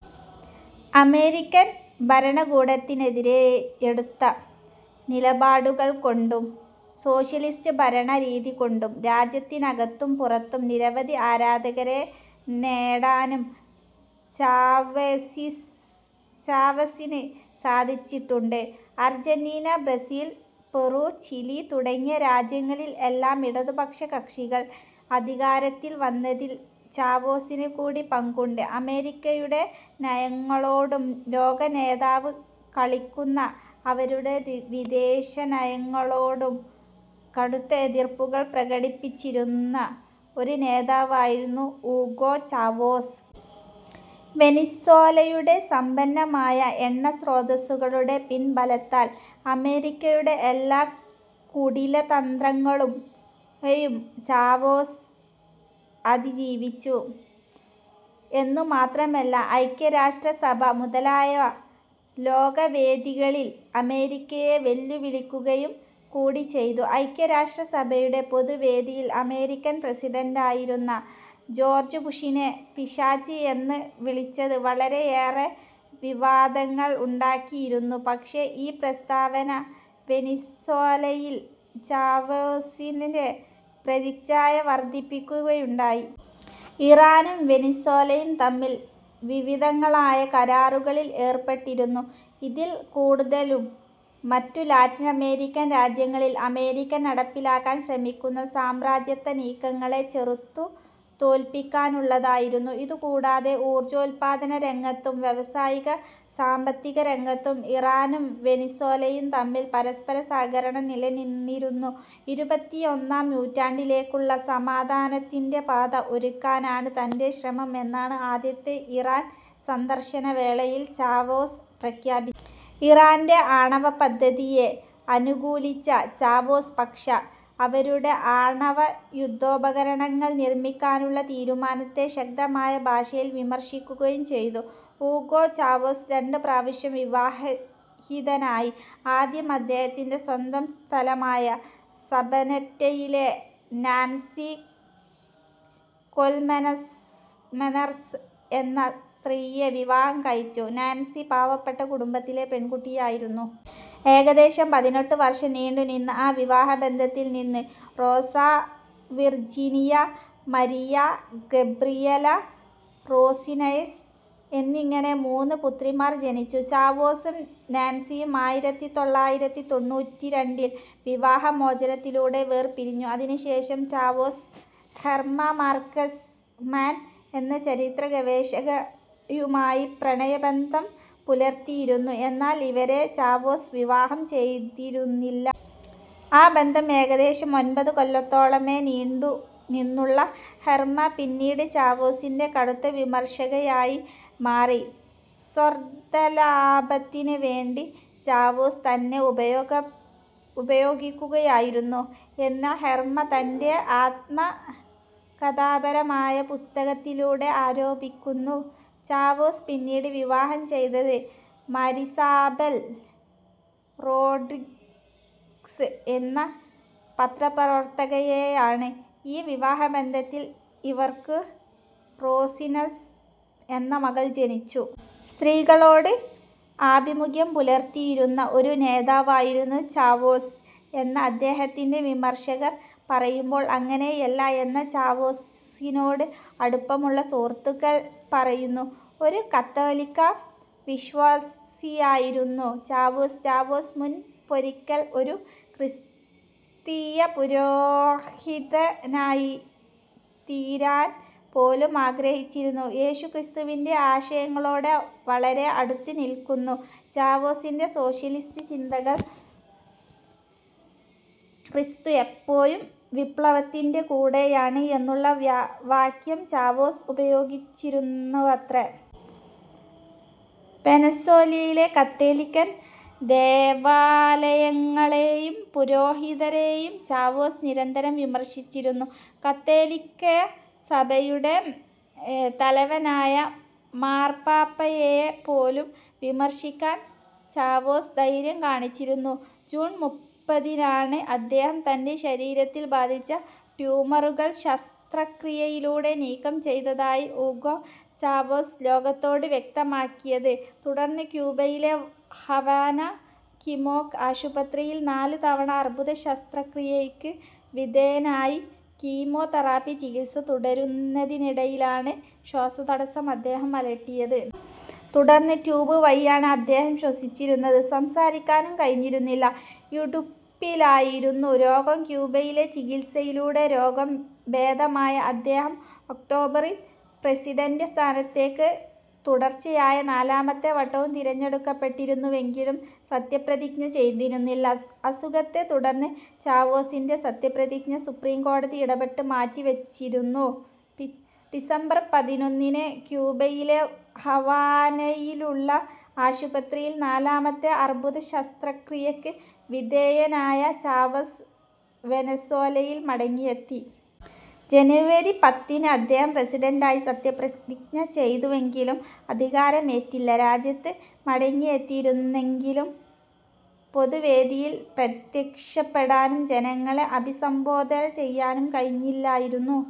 American ഭരണകൂടത്തിനെതിരേയെടുത്ത നിലപാടുകൾ കൊണ്ടും സോഷ്യലിസ്റ്റ് ഭരണരീതി കൊണ്ടും രാജ്യത്തിനകത്തും പുറത്തും നിരവധി ആരാധകരെ നേടാനും ചാവെസിന് .ചാവെസിന് സാധിച്ചിട്ടുണ്ട്. Argentina Argentina, Brazil, Peru, Chile തുടങ്ങിയ രാജ്യങ്ങളിൽ എല്ലാം ഇടതുപക്ഷ കക്ഷികൾ അധികാരത്തിൽ വന്നതിൽ ചാവെസിന് കൂടി പങ്കുണ്ട്. അമേരിക്കയുടെ നയങ്ങളോടും, ലോക നേതാവ് കളിക്കുന്ന അവരുടെ വിദേശനയങ്ങളോടും കടുത്ത എതിർപ്പു പ്രകടിപ്പിച്ചിരുന്ന ഒരു നേതാവായിരുന്നു ഊഗോ ചാവേസ്. വെനിസ്വേലയുടെ സമ്പന്നമായ എണ്ണ സ്രോതസ്സുകളുടെ പിൻബലത്താൽ അമേരിക്കയുടെ എല്ലാ കുടിലതന്ത്രങ്ങളെയും ചാവേസ് അതിജീവിച്ചു എന്നുമാത്രമല്ല ഐക്യരാഷ്ട്രസഭ മുതലായ ലോകവേദികളിൽ അമേരിക്കയെ വെല്ലുവിളിക്കുക കൂടി ചെയ്തു. ഐക്യരാഷ്ട്രസഭയുടെ പൊതു വേദിയിൽ അമേരിക്കൻ പ്രസിഡന്റായിരുന്ന ജോർജ്ജ്ബുഷിനെ പിശാച് എന്ന് വിളിച്ചത് വളരെയേറെ വിവാദങ്ങൾ ഉണ്ടാക്കിയിരുന്നു. പക്ഷേ ഈ പ്രസ്താവന വെനിസ്വേലയിൽ ചാവേസിൻ്റെ പ്രതിച്ഛായ വർദ്ധിപ്പിക്കുകയുണ്ടായി. ഇറാനും വെനിസ്വേലയും തമ്മിൽ വിവിധങ്ങളായ കരാറുകളിൽ ഏർപ്പെട്ടിരുന്നു. ഇതിൽ കൂടുതലും മറ്റ് ലാറ്റിനമേരിക്കൻ രാജ്യങ്ങളിൽ അമേരിക്ക നടപ്പിലാക്കാൻ ശ്രമിക്കുന്ന സാമ്രാജ്യത്വ നീക്കങ്ങളെ ചെറുത്തു തോൽപ്പിക്കാനുള്ളതായിരുന്നു. ഇതു കൂടാതെ ഊർജ്ജോത്പാദന രംഗത്തും, വ്യാവസായിക, സാമ്പത്തിക രംഗത്തും ഇറാനും വെനിസ്വേലയും തമ്മിൽ പരസ്പര സഹകരണം നിലനിന്നിരുന്നു. ഇരുപത്തിയൊന്നാം നൂറ്റാണ്ടിലേക്കുള്ള സമാധാനത്തിൻ്റെ പാത ഒരുക്കാനാണ് തൻ്റെ ശ്രമം എന്നാണ് ആദ്യത്തെ ഇറാൻ സന്ദർശന വേളയിൽ ചാവേസ് പ്രഖ്യാപിച്ചത്. ഇറാൻ്റെ ആണവപദ്ധതിയെ അനുകൂലിച്ച ചാവേസ് പക്ഷേ അവരുടെ ആണവയുദ്ധോപകരണങ്ങൾ നിർമ്മിക്കാനുള്ള തീരുമാനത്തെ ശക്തമായ ഭാഷയിൽ വിമർശിക്കുകയും ചെയ്തു. ഊഗോ ചാവെസ് രണ്ട് പ്രാവശ്യം വിവാഹിതനായി. ആദ്യം അദ്ദേഹത്തിൻ്റെ സ്വന്തം സ്ഥലമായ സബനെറ്റയിലെ നാൻസി കൊൽമെനർസ് എന്ന സ്ത്രീയെ വിവാഹം കഴിച്ചു. നാൻസി പാവപ്പെട്ട കുടുംബത്തിലെ പെൺകുട്ടിയായിരുന്നു. ഏകദേശം പതിനെട്ട് വർഷം നീണ്ടുനിന്ന ആ വിവാഹബന്ധത്തിൽ നിന്ന് Rosa Virginia, Maria Gabriela, Rosines എന്നിങ്ങനെ മൂന്ന് പുത്രിമാർ ജനിച്ചു. ചാവേസും നാൻസിയും ആയിരത്തി തൊള്ളായിരത്തി തൊണ്ണൂറ്റിരണ്ടിൽ വിവാഹമോചനത്തിലൂടെ വേർപിരിഞ്ഞു. അതിനുശേഷം ചാവെസ് ഹെർമ മാർക്സ്മാൻ എന്ന ചരിത്ര ഗവേഷകയുമായി പ്രണയബന്ധം പുലർത്തിയിരുന്നു, എന്നാൽ ഇവരെ ചാവേസ് വിവാഹം ചെയ്തിരുന്നില്ല. ആ ബന്ധം ഏകദേശം ഒൻപത് കൊല്ലത്തോളമേ നീണ്ടു നിന്നുള്ളു. ഹെർമ പിന്നീട് ചാവേസിൻ്റെ കടുത്ത വിമർശകയായി മാറി, സ്വാർത്ഥലാഭത്തിനുവേണ്ടി ചാവേസ് തന്നെ ഉപയോഗിക്കു ഉപയോഗിക്കുകയായിരുന്നു എന്ന് ഹെർമ തൻ്റെ ആത്മകഥാപരമായ പുസ്തകത്തിലൂടെ ആരോപിക്കുന്നു. ചാവേസ് പിന്നീട് വിവാഹം ചെയ്തത് മരിസാബെൽ റോഡ്രിഗ്സ് എന്ന പത്രപ്രവർത്തകയെയാണ്. ഈ വിവാഹബന്ധത്തിൽ ഇവർക്ക് റോസിനസ് എന്ന മകൾ ജനിച്ചു. സ്ത്രീകളോട് ആഭിമുഖ്യം പുലർത്തിയിരുന്ന ഒരു നേതാവായിരുന്നു ചാവേസ് എന്ന് അദ്ദേഹത്തിൻ്റെ വിമർശകർ പറയുമ്പോൾ, അങ്ങനെയല്ല എന്ന ചാവേസിനോട് അടുപ്പമുള്ള സുഹൃത്തുക്കൾ പറയുന്നു. ഒരു കത്തോലിക്കാ വിശ്വാസിയായിരുന്നു ചാവേസ്. ചാവേസ് മുൻപൊരിക്കൽ ഒരു ക്രിസ്തീയപുരോഹിതനായിത്തീരാൻ പോലും ആഗ്രഹിച്ചിരുന്നു. യേശു ക്രിസ്തുവിൻ്റെ ആശയങ്ങളോട് വളരെ അടുത്തുനിൽക്കുന്നു ചാവേസിൻ്റെ സോഷ്യലിസ്റ്റ് ചിന്തകൾ, ക്രിസ്തു എപ്പോഴും വിപ്ലവത്തിൻ്റെ കൂടെയാണ് എന്നുള്ള വാക്യം ചാവേസ് ഉപയോഗിച്ചിരുന്നുവത്രെ. വെനസ്വേലയിലെ കാത്തോലിക്കൻ ദേവാലയങ്ങളേയും പുരോഹിതരേയും ചാവേസ് നിരന്തരം വിമർശിച്ചിരുന്നു. കത്തോലിക്കാ സഭയുടെ തലവനായ മാർപാപ്പയേപ്പോലും വിമർശിക്കാൻ ചാവേസ് ധൈര്യം കാണിച്ചിരുന്നു. ജൂൺ മുപ്പതിനാണ് അദ്ദേഹം തൻ്റെ ശരീരത്തിൽ ബാധിച്ച ട്യൂമറുകൾ ശസ്ത്രക്രിയയിലൂടെ നീക്കം ചെയ്തതായി ഊഗോ ചാവെസ് ലോകത്തോട് വ്യക്തമാക്കിയത്. തുടർന്ന് ക്യൂബയിലെ ഹവാന കിമേക് ആശുപത്രിയിൽ നാല് തവണ അർബുദ ശസ്ത്രക്രിയയ്ക്ക് വിധേയനായി, കീമോതെറാപ്പി ചികിത്സ തുടരുന്നതിനിടയിലാണ് ശ്വാസതടസ്സം അദ്ദേഹം അലട്ടിയത്. തുടർന്ന് ട്യൂബ് വഴിയാണ് അദ്ദേഹം ശ്വസിച്ചിരുന്നത്. സംസാരിക്കാനും കഴിഞ്ഞിരുന്നില്ല. ഇടുപ്പിലായിരുന്നു രോഗം. ക്യൂബയിലെ ചികിത്സയിലൂടെ രോഗം ഭേദമായ അദ്ദേഹം ഒക്ടോബറിൽ പ്രസിഡൻ്റ് സ്ഥാനത്തേക്ക് തുടർച്ചയായ നാലാമത്തെ വട്ടവും തിരഞ്ഞെടുക്കപ്പെട്ടിരുന്നുവെങ്കിലും സത്യപ്രതിജ്ഞ ചെയ്തിരുന്നില്ല. അസുഖത്തെ തുടർന്ന് ചാവെസിൻ്റെ സത്യപ്രതിജ്ഞ സുപ്രീം കോടതി ഇടപെട്ട് മാറ്റിവെപ്പിച്ചിരുന്നു. ഡിസംബർ പതിനൊന്നിന് ക്യൂബയിലെ ഹവാനയിലുള്ള ആശുപത്രിയിൽ നാലാമത്തെ അർബുദ ശസ്ത്രക്രിയക്ക് വിധേയനായ ചാവെസ് വെനസ്വേലയിൽ മടങ്ങിയെത്തി. ജനുവരി പത്തിന് അദ്ദേഹം പ്രസിഡന്റായി സത്യപ്രതിജ്ഞ ചെയ്തുവെങ്കിലും അധികാരമേറ്റില്ല. രാജ്യത്ത് മടങ്ങിയെത്തിയിരുന്നെങ്കിലും പൊതുവേദികളിൽ പ്രത്യക്ഷപ്പെടാനും, ജനങ്ങളെ അഭിസംബോധനചെയ്യാനും കഴിഞ്ഞില്ലായിരുന്നു.